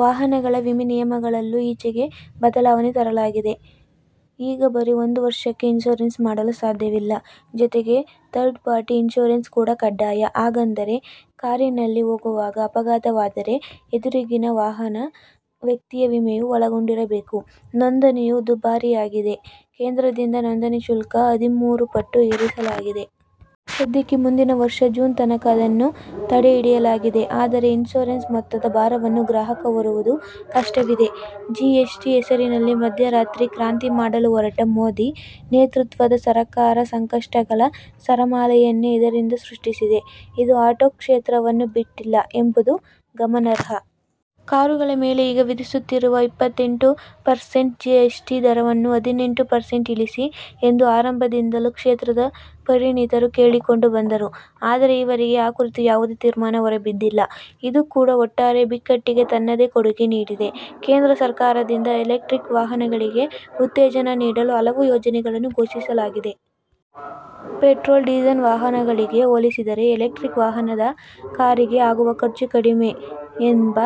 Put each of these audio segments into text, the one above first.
ವಾಹನಗಳ ವಿಮೆ ನಿಯಮಗಳಲ್ಲೂ ಈಚೆಗೆ ಬದಲಾವಣೆ ತರಲಾಗಿದೆ. ಈಗ ಬರೀ ಒಂದು ವರ್ಷಕ್ಕೆ ಇನ್ಷೂರೆನ್ಸ್ ಮಾಡಲು ಸಾಧ್ಯವಿಲ್ಲ. ಜತೆಗೆ ಥರ್ಡ್ ಪಾರ್ಟಿ ಇನ್ಷೂರೆನ್ಸ್ ಕೂಡ ಕಡ್ಡಾಯ. ಹಾಗಂದರೆ, ಕಾರಿನಲ್ಲಿ ಹೋಗುವಾಗ ಅಪಘಾತವಾದರೆ ಎದುರಿಗಿನ ವಾಹನ ವ್ಯಕ್ತಿಯ ವಿಮೆಯೂ ಒಳಗೊಂಡಿರಬೇಕು. ನೋಂದಣಿಯೂ ದುಬಾರಿ ಆಗಿದೆ. ಕೇಂದ್ರದಿಂದ ನೋಂದಣಿ ಶುಲ್ಕ ಹದಿಮೂರು ಪಟ್ಟು ಏರಿಸಲಾಗಿದೆ. ಸದ್ಯಕ್ಕೆ ಮುಂದಿನ ವರ್ಷದ ಜೂನ್ ತನಕ ಅದನ್ನು ತಡೆಹಿಡಿಯಲಾಗಿದೆ. ಆದರೆ ಇನ್ಷೂರೆನ್ಸ್ ಮೊತ್ತದ ಭಾರವನ್ನು ಗ್ರಾಹಕ ಹೊರುವುದು ಕಷ್ಟವಿದೆ. ಜಿಎಸ್ಟಿ ಹೆಸರಿನಲ್ಲಿ ಮಧ್ಯರಾತ್ರಿ ಕ್ರಾಂತಿ ಮಾಡಲು ಹೊರಟ ಮೋದಿ ನೇತೃತ್ವದ ಸರಕಾರ ಸಂಕಷ್ಟಗಳ ಸರಮಾಲೆಯನ್ನೇ ಇದರಿಂದ ಸೃಷ್ಟಿಸಿದೆ. ಇದು ಆಟೋ ಕ್ಷೇತ್ರವನ್ನೂ ಬಿಟ್ಟಿಲ್ಲ ಎಂಬುದು ಗಮನಾರ್ಹ. ಕಾರುಗಳ ಮೇಲೆ ಈಗ ವಿಧಿಸುತ್ತಿರುವ ಇಪ್ಪತ್ತೆಂಟು ಪರ್ಸೆಂಟ್ ಜಿಎಸ್ ಟಿ ದರವನ್ನು ಹದಿನೆಂಟು ಪರ್ಸೆಂಟ್ಗೆ ಇಳಿಸಿ ಎಂದು ಆರಂಭದಿಂದಲೂ ಕ್ಷೇತ್ರದ ಪರಿಣಿತರು ಕೇಳಿಕೊಂಡು ಬಂದರು. ಆದರೆ ಈವರೆಗೂ ಆ ಕುರಿತು ಯಾವುದೇ ತೀರ್ಮಾನ ಹೊರಬಿದ್ದಿಲ್ಲ. ಇದು ಕೂಡ ಒಟ್ಟಾರೆ ಬಿಕ್ಕಟ್ಟಿಗೆ ತನ್ನದೇ ಕೊಡುಗೆ ನೀಡಿದೆ. ಕೇಂದ್ರ ಸರಕಾರದಿಂದ ಎಲೆಕ್ಟ್ರಿಕ್ ವಾಹನಗಳಿಗೆ ಉತ್ತೇಜನ ನೀಡಲು ಹಲವು ಯೋಜನೆಗಳನ್ನು ಘೋಷಿಸಲಾಗಿದೆ. ಪೆಟ್ರೋಲ್ ೀಸೆಲ್ ವಾಹನಗಳಿಗೆ ಹೋಲಿಸಿದರೆ ಎಲೆಕ್ಟ್ರಿಕಲ್ ವಾಹನದ ಕಾರಿಗೆ ಆಗುವ ಖರ್ಚು ಕಡಿಮೆ ಎಂಬ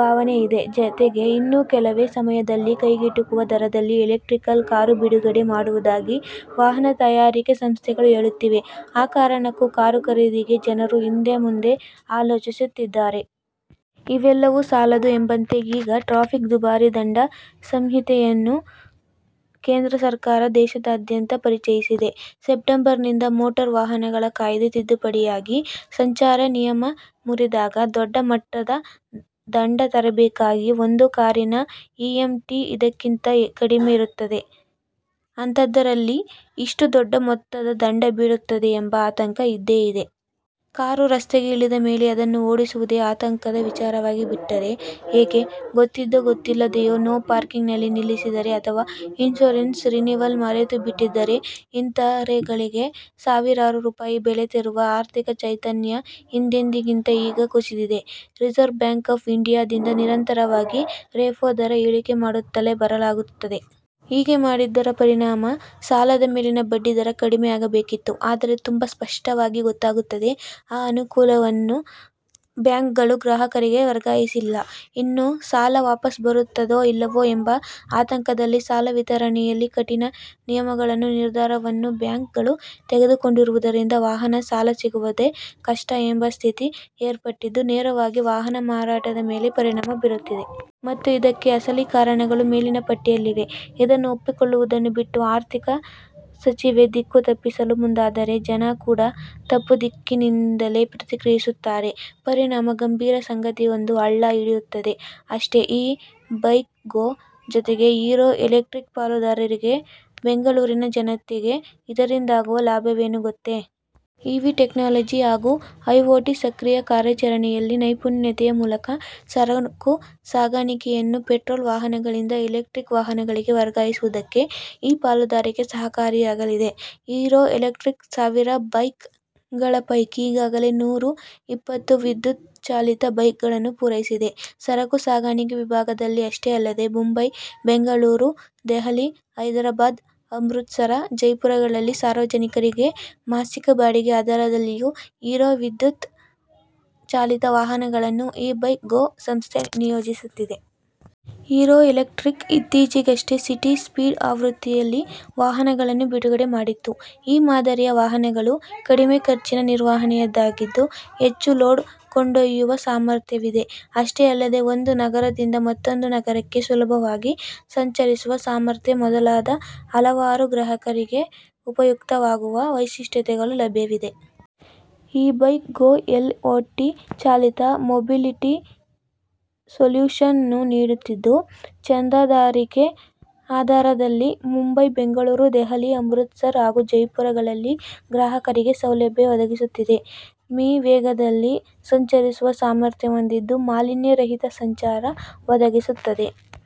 ಭಾವನೆ ಇದೆ. ಜತೆಗೆ ಇನ್ನು ಕೆಲವೇ ಸಮಯದಲ್ಲಿ ಕೈಗೆಟುಕುವ ದರದಲ್ಲಿ ಎಲೆಕ್ಟ್ರಿಕಲ್ ಕಾರು ಬಿಡುಗಡೆ ಮಾಡುವುದಾಗಿ ವಾಹನ ತಯಾರಿಕೆ ಸಂಸ್ಥೆಗಳು ಹೇಳುತ್ತಿವೆ. ಆ ಕಾರಣಕ್ಕೂ ಕಾರು ಖರೀದಿಗೆ ಜನರು ಹಿಂದೆ- ಮುಂದೆ ಆಲೋಚಿಸುತ್ತಿದ್ದಾರೆ. ಇವೆಲ್ಲವೂ ಸಾಲದು ಎಂಬಂತೆ ಈಗ ಟ್ರಾಫಿಕ್ ದುಬಾರಿ ದಂಡ ಸಂಹಿತೆಯನ್ನು ಕೇಂದ್ರ ಸರಕಾರ ದೇಶಾದ್ಯಂರ ಪರಿಚಯಿಸಿದೆ. ಸೆಪ್ಟೆಂಬರ್ನಿಂದ ಮೋಟಾರು ವಾಹನ ಕಾಯ್ದೆ ತಿದ್ದುಪಡಿಯಾಗಿ, ಸಂಚಾರ ನಿಯಮ ಮುರಿದಾಗ ದೊಡ್ಡ ಮಟ್ಟದ ದಂಡ ತೆರಬೇಕಾಗಿದೆ. ಒಂದು ಕಾರಿನ ಇಎಂಐ ಅದಕ್ಕಿಂತ ಕಡಿಮೆ ಇರುತ್ತದೆ. ಅಂಥದ್ದರಲ್ಲಿ ಇಷ್ಟು ದೊಡ್ಡ ಮೊತ್ತದ ದಂಡ ಬೀಳುತ್ತದೆ ಎಂಬ ಆತಂಕ ಇದ್ದೇ ಇದೆ. ಕಾರು ರಸ್ತೆಗೆ ಇಳಿದ ಮೇಲೆ ಅದನ್ನು ಓಡಿಸುವುದೇ ಆತಂಕದ ವಿಚಾರವಾಗಿಬಿಟ್ಟರೆ ಹೇಗೆ? ಗೊತ್ತಿದ್ದೋ ಗೊತ್ತಿಲ್ಲದೆಯೋ ನೋ ಪಾರ್ಕಿಂಗ್ ನಲ್ಲಿ ನಿಲ್ಲಿಸಿದ್ದರೆ ಅಥವಾ ಇನ್ಷೂರೆನ್ಸ್ ರಿನೀವಲ್ ಮರೆತು ಬಿಟ್ಟಿದ್ದರೆ ಇಂಥ 'ರೆ'ಗಳಿಗೆ ಸಾವಿರಾರು ರೂಪಾಯಿ ಬೆಲೆ ತೆರುವ ಆರ್ಥಿಕ ಚೈತನ್ಯ ಹಿಂದೆಂದಿಗಿಂತ ಈಗ ಕುಸಿದಿದೆ. ರಿಸರ್ವ್ ಬ್ಯಾಂಕ್ ಆಫ್ ಇಂಡಿಯಾದಿಂದ ನಿರಂತರವಾಗಿ ರೆಪೋ ದರ ಇಳಿಕೆ ಮಾಡುತ್ತಲೇ ಬರಲಾಗುತ್ತದೆ. ಹೀಗೆ ಮಾಡಿದ್ದರ ಪರಿಣಾಮ ಸಾಲದ ಮೇಲಿನ ಬಡ್ಡಿ ದರ ಕಡಿಮೆ ಆಗಬೇಕಿತ್ತು. ಆದರೆ ತುಂಬ ಸ್ಪಷ್ಟವಾಗಿ ಗೊತ್ತಾಗುತ್ತದೆ, ಆ ಅನುಕೂಲವನ್ನು ಬ್ಯಾಂಕ್ ಗಳು ಗ್ರಾಹಕರಿಗೆ ವರ್ಗಾಯಿಸಿಲ್ಲ. ಇನ್ನು ಸಾಲ ವಾಪಸ್ ಬರುತ್ತದೋ ಇಲ್ಲವೋ ಎಂಬ ಆತಂಕದಲ್ಲಿ ಸಾಲ ವಿತರಣೆಯಲ್ಲೇ ಕಠಿಣ ನಿಯಮಗಳನ್ನು, ನಿರ್ಧಾರವನ್ನು ಬ್ಯಾಂಕ್ ಗಳು ತೆಗೆದುಕೊಂಡಿರುವುದರಿಂದ ವಾಹನ ಸಾಲ ಸಿಗುವುದೇ ಕಷ್ಟ ಎಂಬ ಸ್ಥಿತಿ ಏರ್ಪಟ್ಟಿದ್ದು, ನೇರವಾಗಿ ವಾಹನ ಮಾರಾಟದ ಮೇಲೆ ಪರಿಣಾಮ ಬೀರುತ್ತಿದೆ. ಮತ್ತು, ಇದಕ್ಕೆ ಅಸಲಿ ಕಾರಣಗಳು ಮೇಲಿನ ಪಟ್ಟಿಯಲ್ಲಿವೆ. ಇದನ್ನು ಒಪ್ಪಿಕೊಳ್ಳುವುದನ್ನು ಬಿಟ್ಟು ಆರ್ಥಿಕ ಸಚಿವೆ ದಿಕ್ಕು ತಪ್ಪಿಸಲು ಮುಂದಾದರೆ, ಜನ ಕೂಡ ತಪ್ಪು ದಿಕ್ಕಿನಿಂದಲೇ ಪ್ರತಿಕ್ರಿಯಿಸುತ್ತಾರೆ. ಪರಿಣಾಮ ಗಂಭೀರ ಸಂಗತಿಯೊಂದು ಹಳ್ಳ ಹಿಡಿಯುತ್ತದೆ, ಅಷ್ಟೆ. ಇ-ಬೈಕ್-ಗೋ ಜೊತೆಗೆ ಹಿರೋ ಎಲೆಕ್ಟ್ರಿಕ್ ಪಾಲುದಾರಿಕೆಗೆ ಬೆಂಗಳೂರಿನ ಜನತೆಗೆ ಇದರಿಂದಾಗುವ ಲಾಭವೇನು ಗೊತ್ತೇ? ಇವಿ ಟೆಕ್ನಾಲಜಿ ಹಾಗೂ ಐಒಟಿ ಸಕ್ರಿಯ ಕಾರ್ಯಾಚರಣೆಯಲ್ಲಿ ನೈಪುಣ್ಯತೆಯ ಮೂಲಕ ಸರಕು ಸಾಗಣಿಗೆಯನ್ನು ಪೆಟ್ರೋಲ್ ವಾಹನಗಳಿಂದ ಎಲೆಕ್ಟ್ರಿಕ್ ವಾಹನಗಳಿಗೆ ವರ್ಗಾಯಿಸುವುದಕ್ಕೆ ಈ ಪಾಲುದಾರಿಕೆ ಸಹಕಾರಿಯಾಗಲಿದೆ ಹಿರೋ ಎಲೆಕ್ಟ್ರಿಕ್ ಸಾವಿರ ಬೈಕ್ ಗಳ ಪೈಕಿ ಈಗಾಗಲೇ ನೂರ ಇಪ್ಪತ್ತು ವಿದ್ಯುತ್ ಚಾಲಿತ ಬೈಕ್ ಗಳನ್ನು ಪೂರೈಸಿದೆ. ಸರಕು ಸಾಗಾಣಿಗೆ ವಿಭಾಗದಲ್ಲಿ ಅಷ್ಟೇ ಅಲ್ಲದೇ ಮುಂಬೈ, ಬೆಂಗಳೂರು, ದೆಹಲಿ, ಹೈದರಾಬಾದ್ ಅಮೃತ್ ಸರ, ಜೈಪುರಗಳಲ್ಲಿ ಸಾರ್ವಜನಿಕರಿಗೆ ಮಾಸಿಕ ಬಾಡಿಗೆ ಆಧಾರದಲ್ಲಿಯೂ ಹಿರೋ ವಿದ್ಯುತ್ ಚಾಲಿತ ವಾಹನಗಳನ್ನು ಇ ಬೈಕ್ ಗೋ ಸಂಸ್ಥೆ ನಿಯೋಜಿಸುತ್ತಿದೆ. ಹಿರೋ ಎಲೆಟ್ರಿಕ್ಸ್ ಇತ್ತೀಚೆಗಷ್ಟೇ ಸಿಟಿ ಸ್ಪೀಡ್ ಆವೃತ್ತಿಯಲ್ಲಿ ವಾಹನವನ್ನು ಬಿಡುಗಡೆ ಮಾಡಿತ್ತು. ಈ ಮಾದರಿಯ ವಾಹನಗಳು ಕಡಿಮೆ ಖರ್ಚಿನ ನಿರ್ವಹಣೆಯದ್ದಾಗಿದ್ದು, ಹೆಚ್ಚು ಲೋಡ್ ಕೊಂಡೊಯ್ಯುವ ಸಾಮರ್ಥ್ಯವಿದೆ. ಅಷ್ಟೇ ಅಲ್ಲದೇ ಒಂದು ನಗರದಿಂದ ಮತ್ತೊಂದು ನಗರಕ್ಕೆ ಸುಲಭವಾಗಿ ಸಂಚರಿಸುವ ಸಾಮರ್ಥ್ಯ ಮೊದಲಾದ ಹಲವಾರು ಗ್ರಾಹಕರಿಗೆ ಉಪಯುಕ್ತವಾಗುವ ವೈಶಿಷ್ಟ್ಯಗಳು ಲಭ್ಯವಿದೆ. ಇ ಬೈಕ್ ಗೋ ಎಲ್ಒಟಿ ಚಾಲಿತ ಮೊಬಿಲಿಟಿ ಸೊಲ್ಯೂಷನ್ ನ್ನು ನೀಡುತ್ತಿದ್ದು, ಚಂದಾದಾರಿಕೆ ಆಧಾರದಲ್ಲಿ ಮುಂಬೈ, ಬೆಂಗಳೂರು, ದೆಹಲಿ ಅಮೃತ್ ಸರ್ ಹಾಗೂ ಜೈಪುರ್ ಗಳಲ್ಲಿ ಗ್ರಾಹಕರಿಗೆ ಸೌಲಭ್ಯ ಒದಗಿಸುತ್ತಿದೆ. ಮೀ ವೇಗದಲ್ಲಿ ಸಂಚರಿಸುವ ಸಾಮರ್ಥ್ಯ ಹೊಂದಿದ್ದು, ಮಾಲಿನ್ಯ ರಹಿತ ಸಂಚಾರ ಒದಗಿಸುತ್ತದೆ.